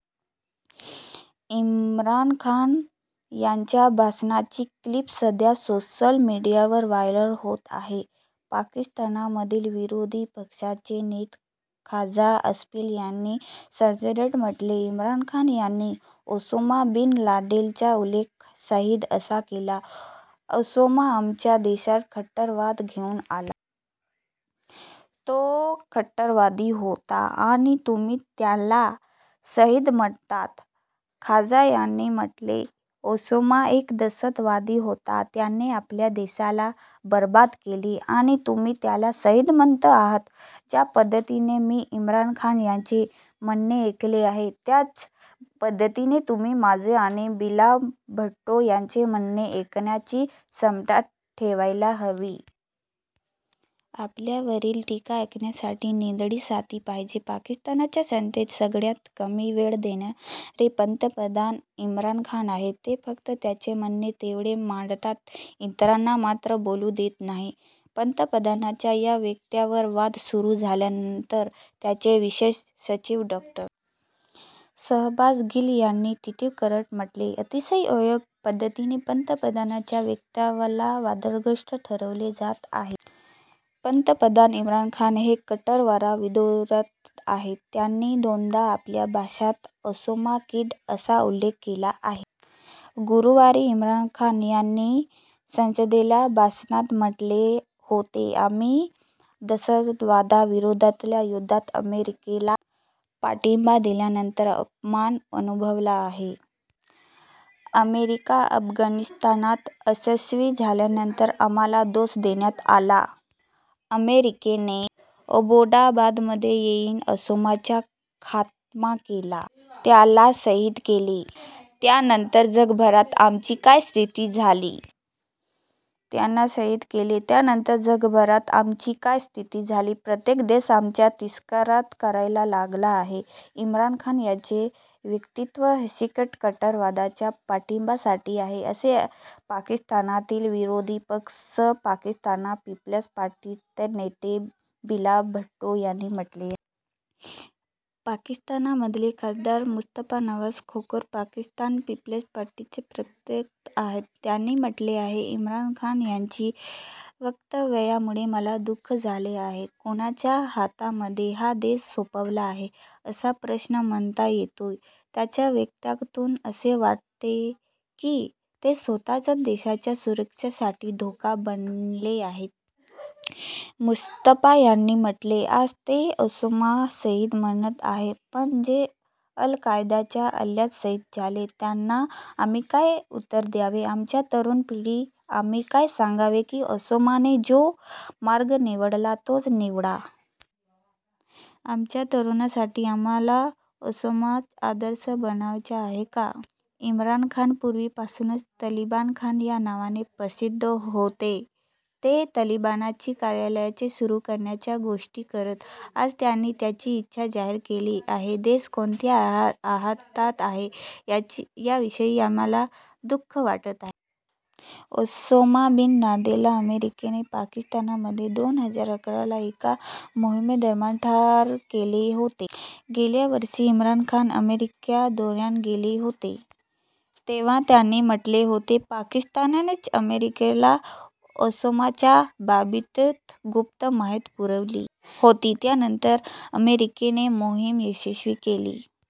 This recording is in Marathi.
इम्रान खान यांच्या भाषणाची क्लिप सध्या सोशल मीडियावर व्हायरल होत आहे. पाकिस्तानमधील विरोधी पक्षाचे नेते ख्वाजा आसिफ यांनी संसदेत म्हटले, इम्रान खान यांनी ओसामा बिन लादेनचा उल्लेख शहीद असा केला. ओसामा आमच्या देशात कट्टरवाद घेऊन आला. तो कट्टरवादी होता आणि तुम्ही त्याला शहीद म्हणता? ख्वाजा यांनी म्हटले, ओसामा एक दहशतवादी होता. त्याने आपल्या देशाला बरबाद केले आणि तुम्ही त्याला शहीद म्हणत आहात? ज्या पद्धतीने मी इम्रान खान यांचे म्हणणे ऐकले आहे, त्याच पद्धतीने तुम्ही माझे आणि बिलावल भुट्टो यांचे म्हणणे ऐकण्याची क्षमता ठेवायला हवी. आपल्यावरील टीका ऐकण्यासाठी निधडी छाती पाहिजे. पाकिस्तानच्या संसदेत सगळ्यात कमी वेळ देणारे पंतप्रधान इम्रान खान आहेत. ते फक्त त्यांचे म्हणणे तेवढे मांडतात. इतरांना मात्र बोलू देत नाहीत. पंतप्रधानांच्या या वक्तव्यावर वाद सुरू झाल्यानंतर त्यांचे विशेष सचिव डॉ. शाहबाज गिल यांनी ट्वीट करत म्हटले, अतिशय अयोग्य पद्धतीने पंतप्रधानांच्या वक्तव्याला वादग्रस्त ठरवले जात आहे. पंतप्रधान इम्रान खान हे कट्टरवादाविरोधात आहेत. त्यांनी दोनदा आपल्या भाषणात ओसामा किल्ड असा उल्लेख केला आहे. गुरुवारी इम्रान खान यांनी संसदेतल्या भाषणात म्हटले होते, आम्ही दहशतवादाविरोधातल्या युद्धात अमेरिकेला पाठिंबा दिल्यानंतर अपमान अनुभवला आहे. अमेरिका अफगाणिस्तानात अयशस्वी झाल्यानंतर आम्हाला दोष देण्यात आला. अमेरिकेने एबोटाबादमध्ये येऊन ओसामाचा खात्मा केला, त्याला शहीद केले. त्यानंतर जगभरात आमची काय स्थिती झाली, प्रत्येक देश आमचा तिरस्कार करायला लागला आहे. इम्रान खान यांचे वक्तव्य हिंसक कट्टरवादाच्या पाठिंब्यासाठी आहे, असे पाकिस्तानातील विरोधी पक्ष पाकिस्तान पीपल्स पार्टीचे नेते बिलावल भुट्टो यांनी म्हटले आहे. पाकिस्तानमधले खासदार मुस्तफा नवाझ खोखर पाकिस्तान पीपल्स पार्टीचे प्रवक्ते आहेत. त्यांनी म्हटले आहे, इम्रान खान यांच्या वक्तव्यामुळे मला दु:ख झाले आहे. कुणाच्या हातांमध्ये हा देश सोपावला आहे, असा प्रश्न मनात येतोय. त्यांच्या वक्त्यातून असे वाटते की ते स्वतःच देशाच्या सुरक्षेसाठी धोका बनले आहेत. मुस्तफा यांनी म्हटले, आज ते ओसामाला शहीद म्हणत आहेत. पण, जे अल-कायद्याच्या हल्ल्यात शहीद झालेत, त्यांना आम्ही काय उत्तर द्यावे? आमच्या तरुण पिढीला आम्ही काय सांगावे की ओसामाने जो मार्ग निवडला, तोच निवडा? आमच्या तरुणांसाठी आम्हाला ओसामा आदर्श बनवायचा आहे का? इम्रान खान पूर्वीपासूनच तालिबान खान या नावाने प्रसिद्ध होते. ते तालिबानची कार्यालये सुरू करण्याच्या गोष्टी करत. आज त्यांनी त्यांची इच्छा जाहीर केली आहे. देश कोणत्या हातात आहे, याविषयी आम्हाला दु:ख वाटत आहे. ओसामा बिन-लादेनला अमेरिकेने पाकिस्तानमध्ये दोन हजार अकराला एका मोहिमेदरम्यान ठार केले होते. गेल्या वर्षी इम्रान खान अमेरिका दौऱ्यावर गेले होते, तेव्हा त्यांनी म्हटले होते, पाकिस्ताननेच अमेरिकेला ओसामाच्या बाबतीत गुप्त माहिती पुरवली होती. त्यानंतर अमेरिकेने मोहीम यशस्वी केली.